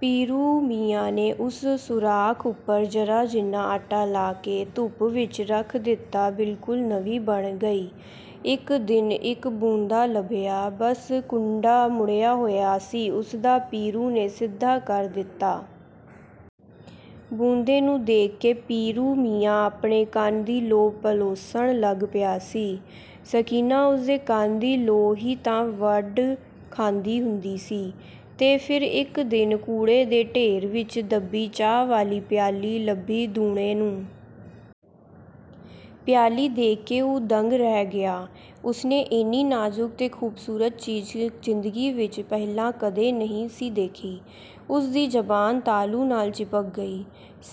ਪੀਰੂ ਮੀਆਂ ਨੇ ਉਸ ਸੁਰਾਖ਼ ਉੱਪਰ ਜ਼ਰਾ ਜਿੰਨਾ ਆਟਾ ਲਾ ਕੇ ਧੁੱਪ ਵਿੱਚ ਰੱਖ ਦਿੱਤਾ ਬਿਲਕੁਲ ਨਵੀਂ ਬਣ ਗਈ। ਇੱਕ ਦਿਨ ਇੱਕ ਬੁੰਦਾ ਲੱਭਿਆ, ਬੱਸ ਕੁੰਡਾ ਮੁੜਿਆ ਹੋਇਆ ਸੀ ਉਸਦਾ ਪੀਰੂ ਨੇ ਸਿੱਧਾ ਕਰ ਦਿੱਤਾ। ਬੁੰਦੇ ਨੂੰ ਦੇਖ ਕੇ ਪੀਰੂ ਮੀਆਂ ਆਪਣੇ ਕੰਨ ਦੀ ਲੌ ਪਲੋਸਣ ਲੱਗ ਪਿਆ ਸੀ। ਸਕੀਨਾ ਉਸਦੇ ਕੰਨ ਦੀ ਲੌ ਹੀ ਤਾਂ ਵੱਢ ਖਾਂਦੀ ਹੁੰਦੀ ਸੀ। ਤੇ ਫਿਰ ਇੱਕ ਦਿਨ ਕੂੜੇ ਦੇ ਢੇਰ ਵਿੱਚ ਦੱਬੀ ਚਾਹ ਵਾਲੀ ਪਿਆਲੀ ਲੱਭੀ ਦੂਣੇ ਨੂੰ। ਪਿਆਲੀ ਦੇਖ ਕੇ ਉਹ ਦੰਗ ਰਹਿ ਗਿਆ। ਉਸਨੇ ਏਨੀ ਨਾਜ਼ੁਕ ਤੇ ਖੂਬਸੂਰਤ ਚੀਜ਼ ਜ਼ਿੰਦਗੀ ਵਿੱਚ ਪਹਿਲਾਂ ਕਦੇ ਨਹੀਂ ਸੀ ਦੇਖੀ। ਉਸਦੀ ਜ਼ਬਾਨ ਤਾਲੂ ਨਾਲ ਚਿਪਕ ਗਈ।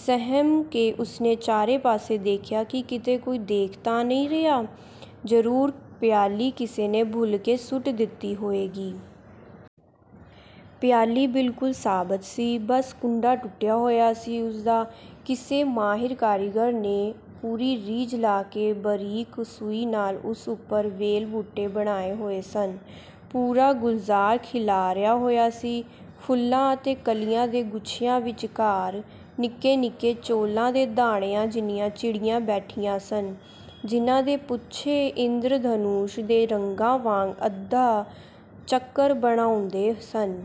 ਸਹਿਮ ਕੇ ਉਸਨੇ ਚਾਰੇ ਪਾਸੇ ਦੇਖਿਆ ਕਿ ਕਿਤੇ ਕੋਈ ਦੇਖ ਤਾਂ ਨਹੀਂ ਰਿਹਾ, ਜ਼ਰੂਰ ਪਿਆਲੀ ਕਿਸੇ ਨੇ ਭੁੱਲ ਕੇ ਸੁੱਟ ਦਿੱਤੀ ਹੋਏਗੀ। ਪਿਆਲੀ ਬਿਲਕੁਲ ਸਾਬਤ ਸੀ, ਬੱਸ ਕੁੰਡਾ ਟੁੱਟਿਆ ਹੋਇਆ ਸੀ ਉਸਦਾ। ਕਿਸੇ ਮਾਹਿਰ ਕਾਰੀਗਰ ਨੇ ਪੂਰੀ ਰੀਝ ਲਾ ਕੇ ਬਰੀਕ ਸੂਈ ਨਾਲ ਉਸ ਉੱਪਰ ਵੇਲ-ਬੂਟੇ ਬਣਾਏ ਹੋਏ ਸਨ। ਪੂਰਾ ਗੁਲਜ਼ਾਰ ਖਿਲਾਰਿਆ ਹੋਇਆ ਸੀ। ਫੁੱਲਾਂ ਅਤੇ ਕਲੀਆਂ ਦੇ ਗੁੱਛਿਆਂ ਵਿੱਚਕਾਰ, ਨਿੱਕੇ-ਨਿੱਕੇ ਚੌਲਾਂ ਦੇ ਦਾਣਿਆਂ ਜਿੰਨੀਆਂ ਚਿੜੀਆਂ ਬੈਠੀਆਂ ਸਨ, ਜਿਹਨਾਂ ਦੇ ਪੂਛੇ ਇੰਦਰਧਨੁਸ਼ ਦੇ ਰੰਗਾਂ ਵਾਂਗ ਅੱਧਾ ਚੱਕਰ ਬਣਾਉਂਦੇ ਸਨ।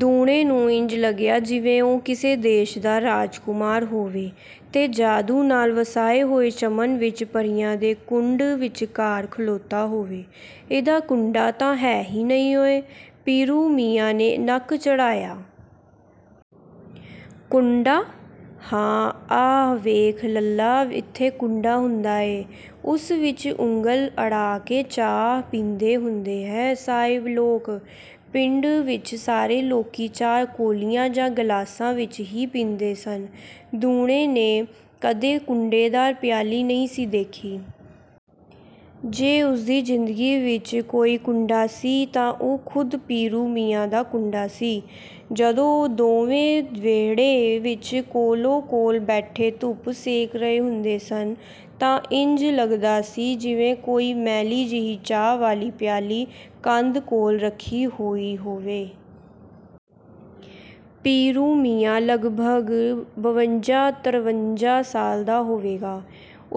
ਦੂਣੇ ਨੂੰ ਇੰਜ ਲੱਗਿਆ ਜਿਵੇਂ ਉਹ ਕਿਸੇ ਦੇਸ਼ ਦਾ ਰਾਜਕੁਮਾਰ ਹੋਵੇ ਤੇ ਜਾਦੂ ਨਾਲ ਵਸਾਏ ਹੋਏ ਚਮਨ ਵਿੱਚ ਪਰੀਆਂ ਦੇ ਝੁੰਡ ਵਿੱਚਕਾਰ ਖਲੋਤਾ ਹੋਵੇ। "ਇਹਦਾ ਕੁੰਡਾ ਤਾਂ ਹੈ ਹੀ ਨਹੀਂ ਓਏ।" ਪੀਰੂ ਮੀਆਂ ਨੇ ਨੱਕ ਚੜ੍ਹਾਇਆ। "ਕੁੰਡਾ?" "ਹਾਂ, ਆਹ ਵੇਖ ਲੱਲਾ ਇੱਥੇ ਕੁੰਡਾ ਹੁੰਦਾ ਐ। ਉਸ ਵਿੱਚ ਉਂਗਲ ਅੜਾ ਕੇ ਚਾਹ ਪੀਂਦੇ ਹੁੰਦੇ ਐ ਸਾਹਿਬ ਲੋਕ।" ਪਿੰਡ ਵਿੱਚ ਸਾਰੇ ਲੋਕੀ ਚਾਹ ਕੌਲਿਆਂ ਜਾਂ ਗਲਾਸਾਂ ਵਿੱਚ ਹੀ ਪੀਂਦੇ ਸਨ। ਦੂਣੇ ਨੇ ਕਦੇ ਕੁੰਡੇਦਾਰ ਪਿਆਲੀ ਨਹੀਂ ਸੀ ਦੇਖੀ। ਜੇ ਉਸਦੀ ਜ਼ਿੰਦਗੀ ਵਿੱਚ ਕੋਈ ਕੁੰਡਾ ਸੀ ਤਾਂ ਉਹ ਖੁਦ ਪੀਰੂ ਮੀਆਂ ਦਾ 'ਕੁੰਡਾ' ਸੀ। ਜਦੋਂ ਉਹ ਦੋਵੇਂ ਵਿਹੜੇ ਵਿੱਚ ਕੋਲੋ-ਕੋਲ ਬੈਠੇ ਧੁੱਪ ਸੇਕ ਰਹੇ ਹੁੰਦੇ ਸਨ ਤਾਂ ਇੰਜ ਲੱਗਦਾ ਸੀ ਜਿਵੇਂ ਕੋਈ ਮੈਲੀ ਜਿਹੀ ਚਾਹ ਵਾਲੀ ਪਿਆਲੀ ਕੰਧ ਕੋਲ ਰੱਖੀ ਹੋਈ ਹੋਵੇ। ਪੀਰੂ ਮੀਆਂ ਲਗਭਗ ਬਵੰਜਾ-ਤਰਵੰਜਾ ਸਾਲ ਦਾ ਹੋਏਗਾ।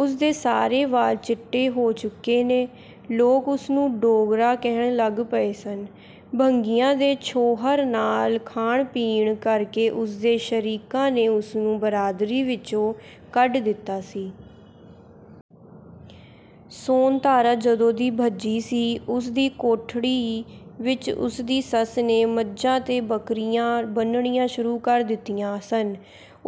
ਉਸਦੇ ਸਾਰੇ ਵਾਲ ਚਿੱਟੇ ਹੋ ਚੁੱਕੇ ਨੇ। ਲੋਕ ਉਸਨੂੰ ਡੋਗਰਾ ਕਹਿਣ ਲੱਗ ਪਏ ਸਨ। ਭੰਗੀਆਂ ਦੇ ਛੋਹਰ ਨਾਲ ਖਾਣ-ਪੀਣ ਕਰਕੇ ਉਸਦੇ ਸ਼ਰੀਕਾਂ ਨੇ ਉਸਨੂੰ ਬਰਾਦਰੀ ਵਿੱਚੋਂ ਕੱਢ ਦਿੱਤਾ ਸੀ। ਸੋਨਤਾਰਾ ਜਦੋਂ ਦੀ ਭੱਜੀ ਸੀ, ਉਸਦੀ ਕੋਠੜੀ ਵਿੱਚ ਉਸਦੀ ਸੱਸ ਨੇ ਮੱਝਾਂ ਤੇ ਬੱਕਰੀਆਂ ਬੰਨ੍ਹਣੀਆਂ ਸ਼ੁਰੂ ਕਰ ਦਿੱਤੀਆਂ ਸਨ।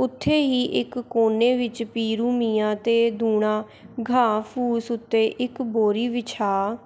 ਉੱਥੇ ਹੀ ਇੱਕ ਕੋਨੇ ਵਿੱਚ ਪੀਰੂ ਮੀਆਂ ਤੇ ਦੂਣਾ ਘਾਹ-ਫੂਸ ਉੱਤੇ ਇੱਕ ਬੋਰੀ ਵਿਛਾ